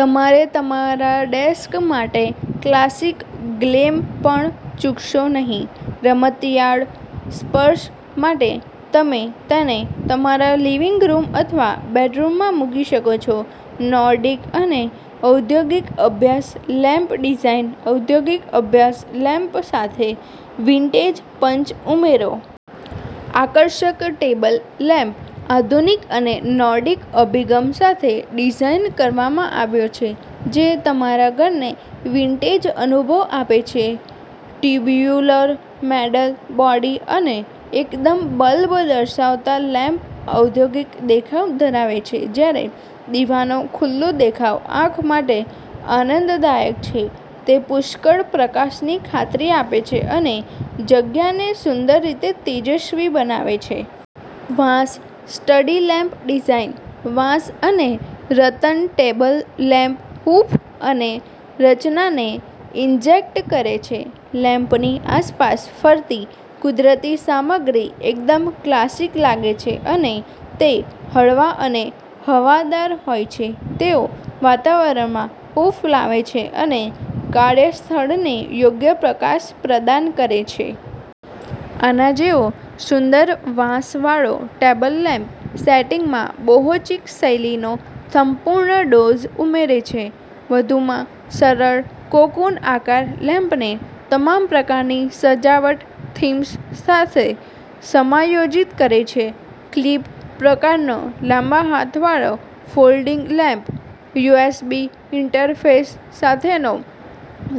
તમારે તમારા ડેસ્ક માટે ક્લાસિક ગ્લેમ પણ ચૂકશો નહીં. રમતિયાળ સ્પર્શ માટે તમે તેને તમારા લિવિંગ રૂમ અથવા બેડરૂમમાં મૂકી શકો છો. નોર્ડિક અને ઔદ્યોગિક અભ્યાસ લેમ્પ ડિઝાઇન. ઔદ્યોગિક અભ્યાસ લેમ્પ સાથે વિન્ટેજ પંચ ઉમેરો. આકર્ષક ટેબલ લેમ્પ આધુનિક અને નોર્ડિક અભિગમ સાથે ડિઝાઇન કરવામાં આવ્યો છે, જે તમારા ઘરને વિન્ટેજ અનુભવ આપે છે. ટ્યુબ્યુલર મેટલ બોડી અને એકદમ બલ્બ દર્શાવતા, લેમ્પ ઔદ્યોગિક દેખાવ ધરાવે છે. જ્યારે દીવાનો ખુલ્લું દેખાવ આંખ માટે આનંદદાયક છે, તે પુષ્કળ પ્રકાશની ખાતરી આપે છે અને જગ્યાને સુંદર રીતે તેજસ્વી બનાવે છે. વાંસ સ્ટડી લેમ્પ ડિઝાઇન. વાંસ અને રતન ટેબલ લેમ્પ હૂંફ અને રચનાને ઇન્જેક્ટ કરે છે. લેમ્પની આસપાસ ફરતી કુદરતી સામગ્રી એકદમ ક્લાસિક લાગે છે અને તે હળવા અને હવાદાર હોય છે. તેઓ વાતાવરણમાં હૂંફ લાવે છે અને કાર્યસ્થળને યોગ્ય પ્રકાશ પ્રદાન કરે છે. આના જેવો સુંદર વાંસનો ટેબલ લેમ્પ સેટિંગમાં બોહો-ચીક શૈલીનો સંપૂર્ણ ડોઝ ઉમેરે છે. વધુમાં, સરળ કોકૂન આકાર લેમ્પને તમામ પ્રકારની સજાવટ થીમ્સ સાથે સમાયોજિત કરે છે. ક્લિપ-પ્રકારનો લાંબા હાથવાળો ફોલ્ડિંગ લેમ્પ, યુએસબી ઇન્ટરફેસ સાથેનો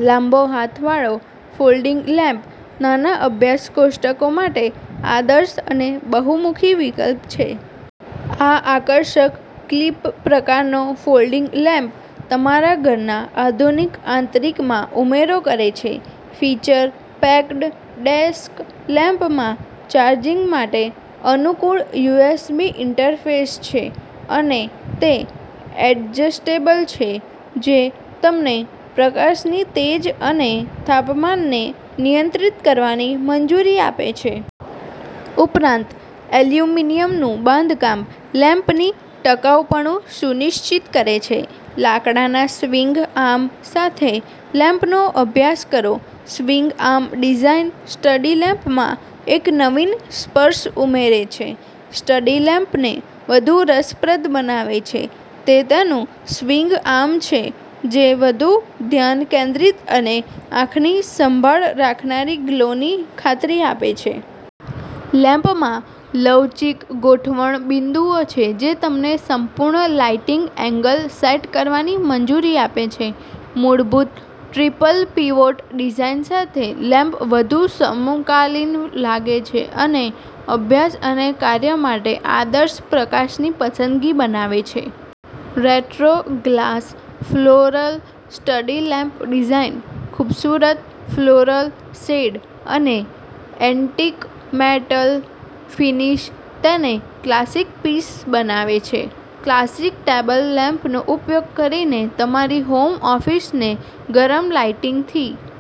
લાંબો હાથવાળો ફોલ્ડિંગ લેમ્પ, નાના અભ્યાસ કોષ્ટકો માટે આદર્શ અને બહુમુખી વિકલ્પ છે. આ આકર્ષક, ક્લિપ-પ્રકારનો ફોલ્ડિંગ લેમ્પ તમારા ઘરના આધુનિક આંતરિકમાં ઉમેરો કરે છે. ફીચર-પેક્ડ ડેસ્ક લેમ્પમાં ચાર્જિંગ માટે અનુકૂળ યુએસબી ઇન્ટરફેસ છે અને તે એડજસ્ટેબલ છે, જે તમને પ્રકાશની તેજ અને તાપમાનને નિયંત્રિત કરવાની મંજૂરી આપે છે. ઉપરાંત, એલ્યુમિનિયમનું બાંધકામ લેમ્પની ટકાઉપણું સુનિશ્ચિત કરે છે. લાકડાના સ્વિંગ આર્મ સાથે લેમ્પનો અભ્યાસ કરો. સ્વિંગ આર્મ ડિઝાઇન સ્ટડી લેમ્પમાં એક નવીન સ્પર્શ ઉમેરે છે. સ્ટડી લેમ્પને વધુ રસપ્રદ બનાવે છે તે તેનું સ્વિંગ આર્મ છે, જે વધુ ધ્યાન કેન્દ્રિત અને આંખની સંભાળ રાખનારી ગ્લોની ખાતરી આપે છે. લેમ્પમાં લવચીક ગોઠવણ બિંદુઓ છે જે તમને સંપૂર્ણ લાઇટિંગ એંગલ સેટ કરવાની મંજૂરી આપે છે. મૂળભૂત ટ્રિપલ પીવોટ ડિઝાઇન સાથે, લેમ્પ વધુ સમકાલીન લાગે છે અને અભ્યાસ અને કાર્ય માટે આદર્શ પ્રકાશની પસંદગી બનાવે છે. Retro glass floral study lamp design. ખૂબસૂરત ફ્લોરલ શેડ અને એન્ટિક મેટલ ફિનિશ તેને ક્લાસિક પીસ બનાવે છે. ક્લાસિક ટેબલ લેમ્પનો ઉપયોગ કરીને તમારી હોમ ઑફિસને ગરમ લાઇટિંગથી